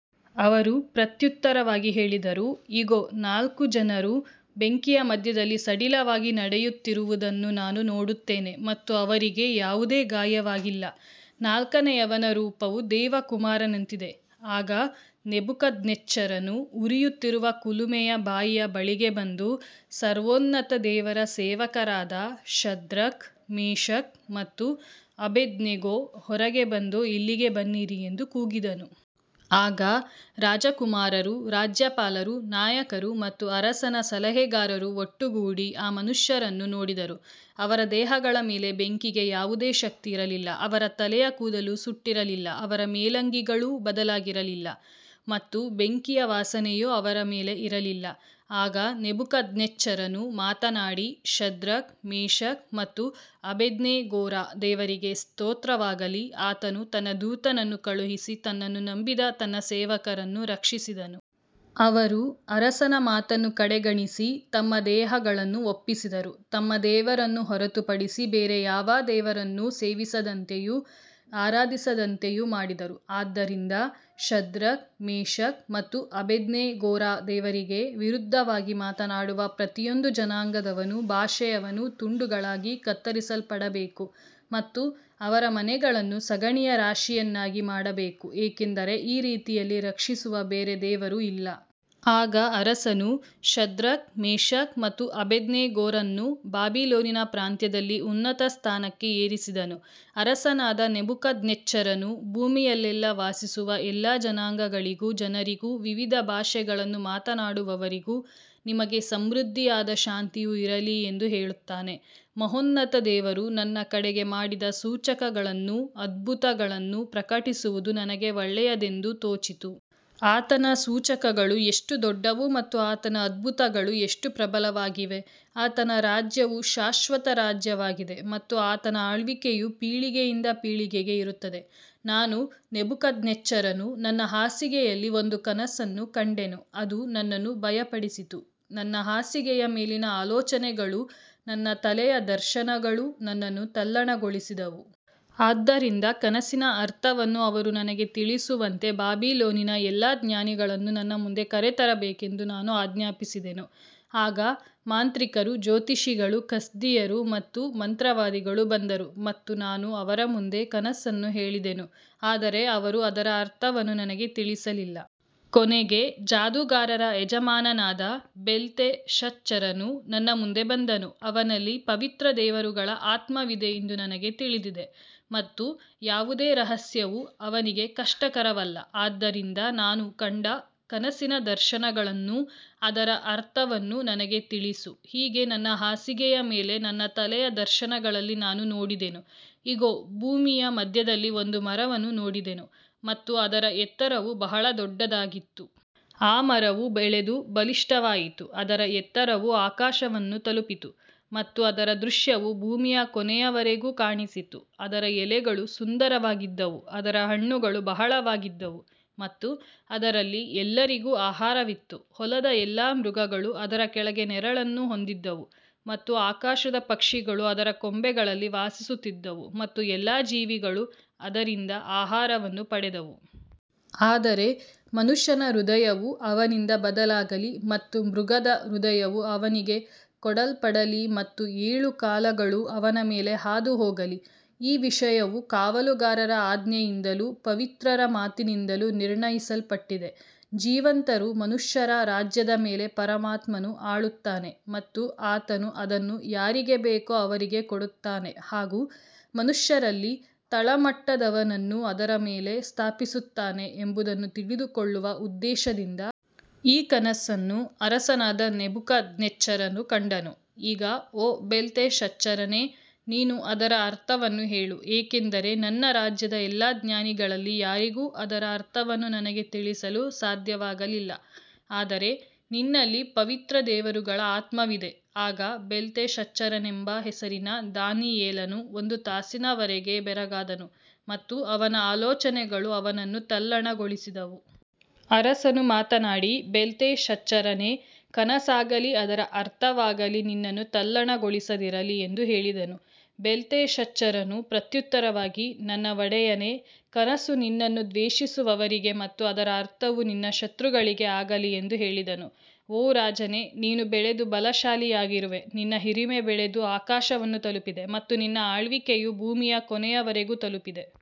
ಅವರು ಪ್ರತ್ಯುತ್ತರವಾಗಿ ಹೇಳಿದರು, ಇಗೋ, ನಾಲ್ಕು ಜನರು ಬೆಂಕಿಯ ಮಧ್ಯದಲ್ಲಿ ಸಡಿಲವಾಗಿ ನಡೆಯುತ್ತಿರುವುದನ್ನು ನಾನು ನೋಡುತ್ತೇನೆ ಮತ್ತು ಅವರಿಗೆ ಯಾವುದೇ ಗಾಯವಾಗಿಲ್ಲ, ನಾಲ್ಕನೆಯವನ ರೂಪವು ದೇವಕುಮಾರನಂತಿದೆ. ಆಗ ನೆಬೂಕದ್ನೆಚ್ಚರನು ಉರಿಯುತ್ತಿರುವ ಕುಲುಮೆಯ ಬಾಯಿಯ ಬಳಿಗೆ ಬಂದು, ಸರ್ವೋನ್ನತ ದೇವರ ಸೇವಕರಾದ ಶದ್ರಕ್, ಮೇಷಕ್ ಮತ್ತು ಅಬೇದ್ನೆಗೋ, ಹೊರಗೆ ಬಂದು ಇಲ್ಲಿಗೆ ಬನ್ನಿರಿ ಎಂದು ಕೂಗಿದನು. ಆಗ ರಾಜಕುಮಾರರು, ರಾಜ್ಯಪಾಲರು, ನಾಯಕರು ಮತ್ತು ಅರಸನ ಸಲಹೆಗಾರರು ಒಟ್ಟುಗೂಡಿ ಆ ಮನುಷ್ಯರನ್ನು ನೋಡಿದರು. ಅವರ ದೇಹಗಳ ಮೇಲೆ ಬೆಂಕಿಗೆ ಯಾವುದೇ ಶಕ್ತಿಯಿರಲಿಲ್ಲ, ಅವರ ತಲೆಯ ಕೂದಲು ಸುಟ್ಟಿರಲಿಲ್ಲ, ಅವರ ಮೇಲಂಗಿಗಳು ಬದಲಾಗಿರಲಿಲ್ಲ ಮತ್ತು ಬೆಂಕಿಯ ವಾಸನೆಯೂ ಅವರ ಮೇಲೆ ಇರಲಿಲ್ಲ. ಆಗ ನೆಬೂಕದ್ನೆಚ್ಚರನು ಮಾತನಾಡಿ, ಶದ್ರಕ್, ಮೇಷಕ್ ಮತ್ತು ಅಬೇದ್ನೆಗೋರ ದೇವರಿಗೆ ಸ್ತೋತ್ರವಾಗಲಿ, ಆತನು ತನ್ನ ದೂತನನ್ನು ಕಳುಹಿಸಿ ತನ್ನನ್ನು ನಂಬಿದ ತನ್ನ ಸೇವಕರನ್ನು ರಕ್ಷಿಸಿದನು. ಅವರು ಅರಸನ ಮಾತನ್ನು ಕಡೆಗಣಿಸಿ ತಮ್ಮ ದೇಹಗಳನ್ನು ಒಪ್ಪಿಸಿದರು, ತಮ್ಮ ದೇವರನ್ನು ಹೊರತುಪಡಿಸಿ ಬೇರೆ ಯಾವ ದೇವರನ್ನೂ ಸೇವಿಸದಂತೆಯೂ ಆರಾಧಿಸದಂತೆಯೂ ಮಾಡಿದರು. ಆದ್ದರಿಂದ ಶದ್ರಕ್, ಮೇಷಕ್ ಮತ್ತು ಅಬೇದ್ನೆಗೋರ ದೇವರಿಗೆ ವಿರುದ್ಧವಾಗಿ ಮಾತನಾಡುವ ಪ್ರತಿಯೊಂದು ಜನಾಂಗದವನೂ ಭಾಷೆಯವನೂ ತುಂಡುಗಳಾಗಿ ಕತ್ತರಿಸಲ್ಪಡಬೇಕು ಮತ್ತು ಅವರ ಮನೆಗಳನ್ನು ಸಗಣಿಯ ರಾಶಿಯನ್ನಾಗಿ ಮಾಡಬೇಕು, ಏಕೆಂದರೆ ಈ ರೀತಿಯಲ್ಲಿ ರಕ್ಷಿಸುವ ಬೇರೆ ದೇವರು ಇಲ್ಲ. ಆಗ ಅರಸನು ಶದ್ರಕ್, ಮೇಷಕ್ ಮತ್ತು ಅಬೇದ್ನೆಗೋರನ್ನು ಬಾಬಿಲೋನಿನ ಪ್ರಾಂತ್ಯದಲ್ಲಿ ಉನ್ನತ ಸ್ಥಾನಕ್ಕೆ ಏರಿಸಿದನು. ಅರಸನಾದ ನೆಬೂಕದ್ನೆಚ್ಚರನು ಭೂಮಿಯಲ್ಲೆಲ್ಲಾ ವಾಸಿಸುವ ಎಲ್ಲಾ ಜನಾಂಗಗಳಿಗೂ ಜನರಿಗೂ ವಿವಿಧ ಭಾಷೆಗಳನ್ನು ಮಾತನಾಡುವವರಿಗೂ, ನಿಮಗೆ ಸಮೃದ್ಧಿಯಾದ ಶಾಂತಿಯು ಇರಲಿ ಎಂದು ಹೇಳುತ್ತಾನೆ. ಮಹೋನ್ನತ ದೇವರು ನನ್ನ ಕಡೆಗೆ ಮಾಡಿದ ಸೂಚಕಗಳನ್ನೂ ಅದ್ಭುತಗಳನ್ನೂ ಪ್ರಕಟಿಸುವುದು ನನಗೆ ಒಳ್ಳೆಯದೆಂದು ತೋಚಿತು. ಆತನ ಸೂಚಕಗಳು ಎಷ್ಟು ದೊಡ್ಡವು ಮತ್ತು ಆತನ ಅದ್ಭುತಗಳು ಎಷ್ಟು ಪ್ರಬಲವಾಗಿವೆ. ಆತನ ರಾಜ್ಯವು ಶಾಶ್ವತ ರಾಜ್ಯವಾಗಿದೆ ಮತ್ತು ಆತನ ಆಳ್ವಿಕೆಯು ಪೀಳಿಗೆಯಿಂದ ಪೀಳಿಗೆಗೆ ಇರುತ್ತದೆ. ನಾನು ನೆಬೂಕದ್ನೆಚ್ಚರನು ನನ್ನ ಹಾಸಿಗೆಯಲ್ಲಿ ಒಂದು ಕನಸನ್ನು ಕಂಡೆನು, ಅದು ನನ್ನನ್ನು ಭಯಪಡಿಸಿತು. ನನ್ನ ಹಾಸಿಗೆಯ ಮೇಲಿನ ಆಲೋಚನೆಗಳೂ ನನ್ನ ತಲೆಯ ದರ್ಶನಗಳೂ ನನ್ನನ್ನು ತಲ್ಲಣಗೊಳಿಸಿದವು. ಆದ್ದರಿಂದ ಕನಸಿನ ಅರ್ಥವನ್ನು ಅವರು ನನಗೆ ತಿಳಿಸುವಂತೆ ಬಾಬಿಲೋನಿನ ಎಲ್ಲಾ ಜ್ಞಾನಿಗಳನ್ನು ನನ್ನ ಮುಂದೆ ಕರೆತರಬೇಕೆಂದು ನಾನು ಆಜ್ಞಾಪಿಸಿದೆನು. ಆಗ ಮಾಂತ್ರಿಕರು, ಜ್ಯೋತಿಷಿಗಳು, ಕಸ್ದೀಯರು ಮತ್ತು ಮಂತ್ರವಾದಿಗಳು ಬಂದರು ಮತ್ತು ನಾನು ಅವರ ಮುಂದೆ ಕನಸನ್ನು ಹೇಳಿದೆನು, ಆದರೆ ಅವರು ಅದರ ಅರ್ಥವನ್ನು ನನಗೆ ತಿಳಿಸಲಿಲ್ಲ. ಕೊನೆಗೆ ಜಾದೂಗಾರರ ಯಜಮಾನನಾದ ಬೆಲ್ತೆಶಚ್ಚರನು ನನ್ನ ಮುಂದೆ ಬಂದನು. ಅವನಲ್ಲಿ ಪವಿತ್ರ ದೇವರುಗಳ ಆತ್ಮವಿದೆ ಎಂದು ನನಗೆ ತಿಳಿದಿದೆ ಮತ್ತು ಯಾವುದೇ ರಹಸ್ಯವೂ ಅವನಿಗೆ ಕಷ್ಟಕರವಲ್ಲ. ಆದ್ದರಿಂದ ನಾನು ಕಂಡ ಕನಸಿನ ದರ್ಶನಗಳನ್ನೂ ಅದರ ಅರ್ಥವನ್ನೂ ನನಗೆ ತಿಳಿಸು. ಹೀಗೆ ನನ್ನ ಹಾಸಿಗೆಯ ಮೇಲೆ ನನ್ನ ತಲೆಯ ದರ್ಶನಗಳಲ್ಲಿ ನಾನು ನೋಡಿದೆನು, ಇಗೋ, ಭೂಮಿಯ ಮಧ್ಯದಲ್ಲಿ ಒಂದು ಮರವನ್ನು ನೋಡಿದೆನು ಮತ್ತು ಅದರ ಎತ್ತರವು ಬಹಳ ದೊಡ್ಡದಾಗಿತ್ತು. ಆ ಮರವು ಬೆಳೆದು ಬಲಿಷ್ಠವಾಯಿತು, ಅದರ ಎತ್ತರವು ಆಕಾಶವನ್ನು ತಲುಪಿತು ಮತ್ತು ಅದರ ದೃಶ್ಯವು ಭೂಮಿಯ ಕೊನೆಯವರೆಗೂ ಕಾಣಿಸಿತು. ಅದರ ಎಲೆಗಳು ಸುಂದರವಾಗಿದ್ದವು, ಅದರ ಹಣ್ಣುಗಳು ಬಹಳವಾಗಿದ್ದವು ಮತ್ತು ಅದರಲ್ಲಿ ಎಲ್ಲರಿಗೂ ಆಹಾರವಿತ್ತು. ಹೊಲದ ಎಲ್ಲಾ ಮೃಗಗಳು ಅದರ ಕೆಳಗೆ ನೆರಳನ್ನು ಹೊಂದಿದ್ದವು ಮತ್ತು ಆಕಾಶದ ಪಕ್ಷಿಗಳು ಅದರ ಕೊಂಬೆಗಳಲ್ಲಿ ವಾಸಿಸುತ್ತಿದ್ದವು ಮತ್ತು ಎಲ್ಲಾ ಜೀವಿಗಳು ಅದರಿಂದ ಆಹಾರವನ್ನು ಪಡೆದವು. ಆದರೆ ಮನುಷ್ಯನ ಹೃದಯವು ಅವನಿಂದ ಬದಲಾಗಲಿ ಮತ್ತು ಮೃಗದ ಹೃದಯವು ಅವನಿಗೆ ಕೊಡಲ್ಪಡಲಿ ಮತ್ತು ಏಳು ಕಾಲಗಳು ಅವನ ಮೇಲೆ ಹಾದುಹೋಗಲಿ. ಈ ವಿಷಯವು ಕಾವಲುಗಾರರ ಆಜ್ಞೆಯಿಂದಲೂ ಪವಿತ್ರರ ಮಾತಿನಿಂದಲೂ ನಿರ್ಣಯಿಸಲ್ಪಟ್ಟಿದೆ, ಜೀವಂತರು ಮನುಷ್ಯರ ರಾಜ್ಯದ ಮೇಲೆ ಪರಮಾತ್ಮನು ಆಳುತ್ತಾನೆ ಮತ್ತು ಆತನು ಅದನ್ನು ಯಾರಿಗೆ ಬೇಕೋ ಅವರಿಗೆ ಕೊಡುತ್ತಾನೆ ಹಾಗೂ ಮನುಷ್ಯರಲ್ಲಿ ತಳಮಟ್ಟದವನನ್ನು ಅದರ ಮೇಲೆ ಸ್ಥಾಪಿಸುತ್ತಾನೆ ಎಂಬುದನ್ನು ತಿಳಿದುಕೊಳ್ಳುವ ಉದ್ದೇಶದಿಂದ. ಈ ಕನಸನ್ನು ಅರಸನಾದ ನೆಬೂಕದ್ನೆಚ್ಚರನು ಕಂಡನು. ಈಗ ಓ ಬೆಲ್ತೆಶಚ್ಚರನೇ, ನೀನು ಅದರ ಅರ್ಥವನ್ನು ಹೇಳು, ಏಕೆಂದರೆ ನನ್ನ ರಾಜ್ಯದ ಎಲ್ಲಾ ಜ್ಞಾನಿಗಳಲ್ಲಿ ಯಾರಿಗೂ ಅದರ ಅರ್ಥವನ್ನು ನನಗೆ ತಿಳಿಸಲು ಸಾಧ್ಯವಾಗಲಿಲ್ಲ. ಆದರೆ ನಿನ್ನಲ್ಲಿ ಪವಿತ್ರ ದೇವರುಗಳ ಆತ್ಮವಿದೆ. ಆಗ ಬೆಲ್ತೆಶಚ್ಚರನೆಂಬ ಹೆಸರಿನ ದಾನಿಯೇಲನು ಒಂದು ತಾಸಿನವರೆಗೆ ಬೆರಗಾದನು ಮತ್ತು ಅವನ ಆಲೋಚನೆಗಳು ಅವನನ್ನು ತಲ್ಲಣಗೊಳಿಸಿದವು. ಅರಸನು ಮಾತನಾಡಿ, ಬೆಲ್ತೆಶಚ್ಚರನೇ, ಕನಸಾಗಲಿ ಅದರ ಅರ್ಥವಾಗಲಿ ನಿನ್ನನ್ನು ತಲ್ಲಣಗೊಳಿಸದಿರಲಿ ಎಂದು ಹೇಳಿದನು. ಬೆಲ್ತೆಶಚ್ಚರನು ಪ್ರತ್ಯುತ್ತರವಾಗಿ, ನನ್ನ ಒಡೆಯನೇ, ಕನಸು ನಿನ್ನನ್ನು ದ್ವೇಷಿಸುವವರಿಗೆ ಮತ್ತು ಅದರ ಅರ್ಥವು ನಿನ್ನ ಶತ್ರುಗಳಿಗೆ ಆಗಲಿ ಎಂದು ಹೇಳಿದನು. ಓ ರಾಜನೇ, ನೀನು ಬೆಳೆದು ಬಲಶಾಲಿಯಾಗಿರುವೆ, ನಿನ್ನ ಹಿರಿಮೆ ಬೆಳೆದು ಆಕಾಶವನ್ನು ತಲುಪಿದೆ ಮತ್ತು ನಿನ್ನ ಆಳ್ವಿಕೆಯು ಭೂಮಿಯ ಕೊನೆಯವರೆಗೂ ತಲುಪಿದೆ.